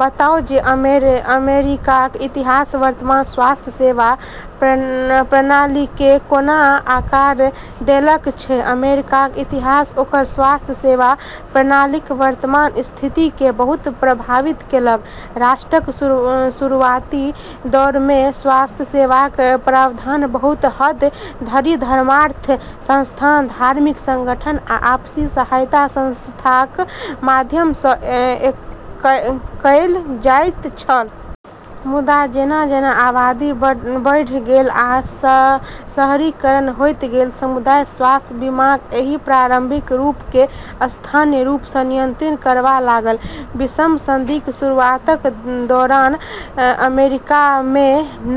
बताउ जे अमेरिकाक इतिहास वर्तमान स्वास्थ्य सेवा प्रणालीकेँ कोना आकार देलक अछि। अमेरिकाक इतिहास ओकर स्वास्थ्य सेवा प्रणालीक वर्तमान स्थितिकेँ बहुत प्रभावित केलक। राष्ट्रक शुरुआती दौरमे स्वास्थ्य सेवाक प्रावधान बहुत हद धरि धर्मार्थ संस्थान, धार्मिक संगठन आ आपसी सहायता संस्थाक माध्यम सँ कएल जाइत छल। मुदा, जेना-जेना आबादी बढ़ैत गेल आ शहरीकरण होइत गेल, समुदाय स्वास्थ्य बीमाक एहि प्रारंभिक रूपकेँ स्थानीय रूप सँ नियंत्रित करबा लागल। बीसम सदीक शुरुआतक दौरान अमेरिकामे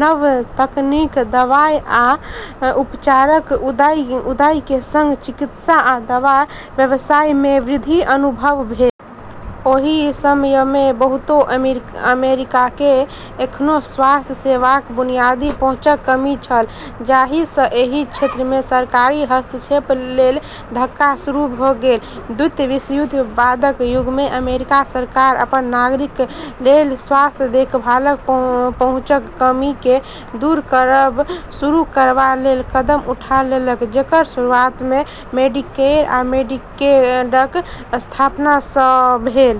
नव तकनीक, दवाई आ उपचारक उदय केँ संग चिकित्सा आ दवा व्यवसायमे वृद्धि अनुभव भेल। ओहि समयमे बहुतो अमेरिकीकेँ एखनो स्वास्थ्य सेवाक बुनियादी पहुँचक कमी छल, जाहि सँ एहि क्षेत्रमे सरकारी हस्तक्षेप लेल धक्का शुरू भ’ गेल। द्वितीय विश्वयुद्धक बादक युगमे, अमेरिकी सरकार अपन नागरिकक लेल स्वास्थ्य देखभालक पहुँचक कमीकेँ दूर करब शुरू करबा लेल कदम उठेलक, जेकर शुरुआतमे मेडिकेयर आ मेडिकेडक स्थापना सँ भेल।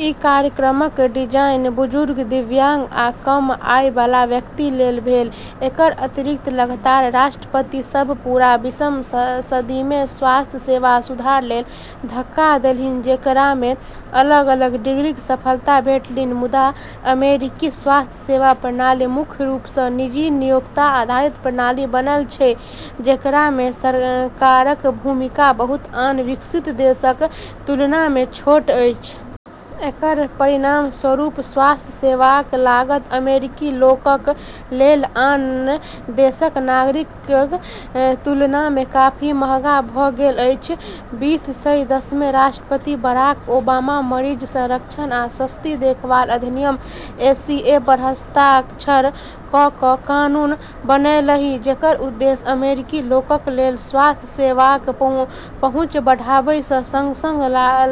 ई कार्यक्रमक डिजाइन बुजुर्ग, दिव्यांग आ कम आय बला व्यक्ति लेल भेल। एकर अतिरिक्त, लगातार राष्ट्रपति सभ पूरा बीसम सदीमे स्वास्थ्य सेवा सुधार लेल धक्का देलन्हि, जेकरामे अलग-अलग डिग्रीक सफलता भेटलनि। मुदा, अमेरिकी स्वास्थ्य सेवा प्रणाली मुख्य रूप सँ निजी, नियोक्ता आधारित प्रणाली बनल अछि, जेकरामे सरकारक भूमिका बहुत आन विकसित देशक तुलनामे छोट अछि। एकर परिणामस्वरूप स्वास्थ्य सेवाक लागत अमेरिकी लोकक लेल आन देशक नागरिकक तुलनामे काफी महंगा भ’ गेल अछि। बीस सय दसमे राष्ट्रपति बराक ओबामा मरीज संरक्षण आ सस्ती देखभाल अधिनियम (एसीए) पर हस्ताक्षर क’ क’ कानून बनैलन्हि, जेकर उद्देश्य अमेरिकी लोकक लेल स्वास्थ्य सेवाक पहुँच बढ़ाबै सँ संग-संग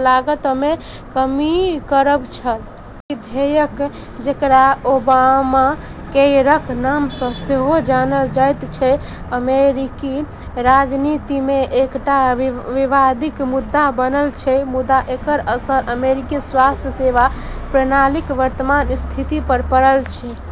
लागतमे कमी करब छल। ई विधेयक, जेकरा ओबामाकेयरक नाम सँ सेहो जानल जाइत अछि, अमेरिकी राजनीतिमे एकटा विवादित मुद्दा बनल अछि, मुदा एकर असर अमेरिकी स्वास्थ्य सेवा प्रणालीक वर्तमान स्थिति पर पड़ल अछि।